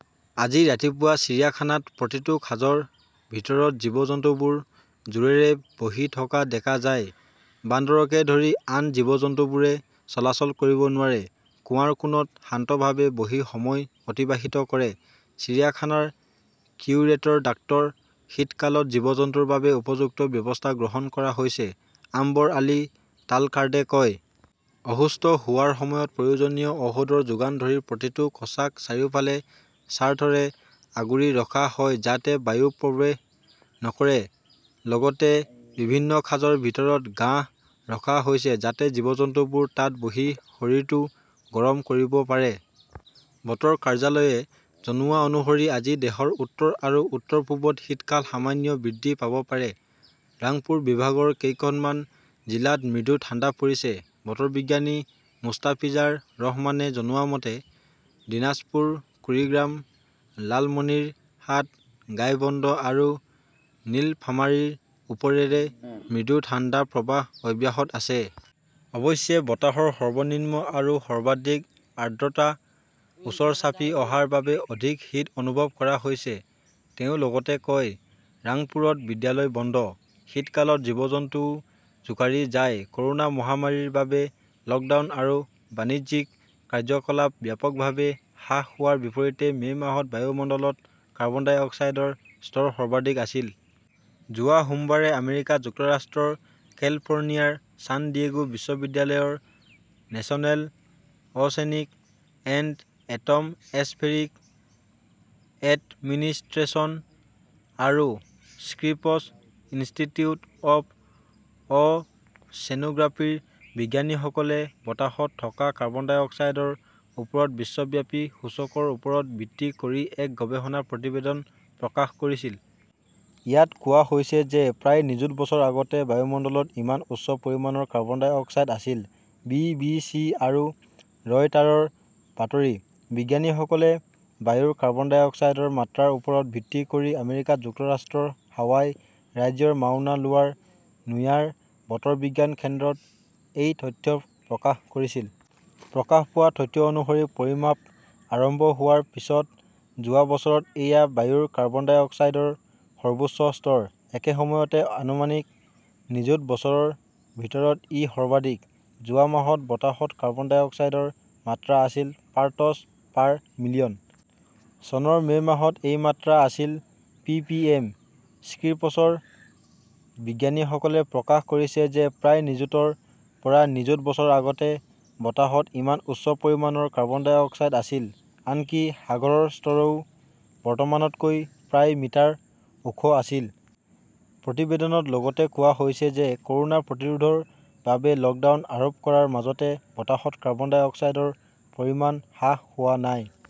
আজি ৰাতিপুৱা চিৰিয়াখানাত প্ৰতিটো খাঁজৰ ভিতৰত জীৱ-জন্তুবোৰ জোৰেৰে বহি থকা দেখা যায়। বান্দৰকে ধৰি আন জীৱ-জন্তুবোৰে চলাচল কৰিব নোৱাৰে, কুঁৱাৰ কোণত শান্তভাৱে বহি সময় অতিবাহিত কৰে। চিৰিয়াখানাৰ কিউৰেটৰ ডাক্তৰ। শীতকালত জীৱ-জন্তুৰ বাবে উপযুক্ত ব্যৱস্থা গ্ৰহণ কৰা হৈছে, আম্বৰ আলী তালকাৰ্ডে কয়। অসুস্থ হোৱাৰ সময়ত প্ৰয়োজনীয় ঔষধৰ যোগান ধৰি প্ৰতিটো খাঁচাক চাৰিওফালে চাৰ্টৰে আগুৰি ৰখা হয় যাতে বায়ু প্ৰৱেশ নকৰে। লগতে বিভিন্ন খাঁজৰ ভিতৰত ঘাঁহ ৰখা হৈছে যাতে জীৱ-জন্তুবোৰ তাত বহি শৰীৰটো গৰম কৰিব পাৰে। বতৰ কাৰ্যালয়ে জনোৱা অনুসৰি আজি দেশৰ উত্তৰ আৰু উত্তৰ-পূবত শীতকাল সামান্য বৃদ্ধি পাব পাৰে। ৰাংপুৰ বিভাগৰ কেইখনমান জিলাত মৃদু ঠাণ্ডা পৰিছে। বতৰ বিজ্ঞানী মুস্তাফিজাৰ ৰহমানে জনোৱা মতে, দিনাজপুৰ, কুৰিগ্ৰাম, লালমনিৰহাট, গাইবন্দ আৰু নীলফামাৰীৰ ওপৰেৰে মৃদু ঠাণ্ডা প্ৰৱাহ অব্যাহত আছে। অৱশ্যে, বতাহৰ সৰ্বনিম্ন আৰু সৰ্বাধিক আৰ্দ্ৰতা ওচৰ চাপি অহাৰ বাবে অধিক শীত অনুভৱ কৰা হৈছে, তেওঁ লগতে কয়। ৰাংপুৰত বিদ্যালয় বন্ধ, শীতকালত জীৱ-জন্তুও জোকাৰি যায় কʼৰোনা মহামাৰীৰ বাবে লকডাউন আৰু বাণিজ্যিক কাৰ্যকলাপ ব্যাপকভাৱে হ্ৰাস হোৱাৰ বিপৰীতে মেʼ মাহত বায়ুমণ্ডলত কাৰ্বন ডাই অক্সাইডৰ স্তৰ সৰ্বাধিক আছিল। যোৱা সোমবাৰে আমেৰিকা যুক্তৰাষ্ট্ৰৰ কেলিফৰ্ণিয়াৰ ছান ডিয়েগো বিশ্ববিদ্যালয়ৰ National Oceanic and Atmospheric Administration আৰু স্ক্ৰিপছ ইনষ্টিটিউট অৱ অʼচেনোগ্ৰাফীৰ বিজ্ঞানীসকলে বতাহত থকা কাৰ্বন ডাই অক্সাইডৰ ওপৰত বিশ্বব্যাপী সূচকৰ ওপৰত ভিত্তি কৰি এক গৱেষণা প্ৰতিবেদন প্ৰকাশ কৰিছিল। ইয়াত কোৱা হৈছে যে প্ৰায় নিযুত বছৰ আগতে বায়ুমণ্ডলত ইমান উচ্চ পৰিমাণৰ কাৰ্বন ডাই অক্সাইড আছিল। বি. বি. চি. আৰু ৰয়টাৰৰ বাতৰি। বিজ্ঞানীসকলে বায়ুৰ কাৰ্বন ডাই অক্সাইডৰ মাত্ৰাৰ ওপৰত ভিত্তি কৰি আমেৰিকা যুক্তৰাষ্ট্ৰৰ হাৱাই ৰাজ্যৰ মাউনা লোৱাৰ নোয়াৰ বতৰ বিজ্ঞান কেন্দ্ৰত এই তথ্য প্ৰকাশ কৰিছিল। প্ৰকাশ পোৱা তথ্য অনুসৰি, পৰিমাপ আৰম্ভ হোৱাৰ পিছত যোৱা বছৰত এয়া বায়ুৰ কাৰ্বন ডাই অক্সাইডৰ সৰ্বোচ্চ স্তৰ। একে সময়তে, আনুমানিক নিযুত বছৰৰ ভিতৰত ই সৰ্বাধিক। যোৱা মাহত বতাহত কাৰ্বন ডাই অক্সাইডৰ মাত্ৰা আছিল পাৰ্টছ পাৰ মিলিয়ন। চনৰ মেʼ মাহত এই মাত্ৰা আছিল পিপিএম। স্ক্ৰিপছৰ বিজ্ঞানীসকলে প্ৰকাশ কৰিছে যে প্ৰায় নিযুতৰ পৰা নিযুত বছৰ আগতে বতাহত ইমান উচ্চ পৰিমাণৰ কাৰ্বন ডাই অক্সাইড আছিল। আনকি সাগৰৰ স্তৰও বৰ্তমানতকৈ প্ৰায় মিটাৰ ওখ আছিল। প্ৰতিবেদনত লগতে কোৱা হৈছে যে কʼৰোনা প্ৰতিৰোধৰ বাবে লকডাউন আৰোপ কৰাৰ মাজতে বতাহত কাৰ্বন ডাই অক্সাইডৰ পৰিমাণ হ্ৰাস হোৱা নাই।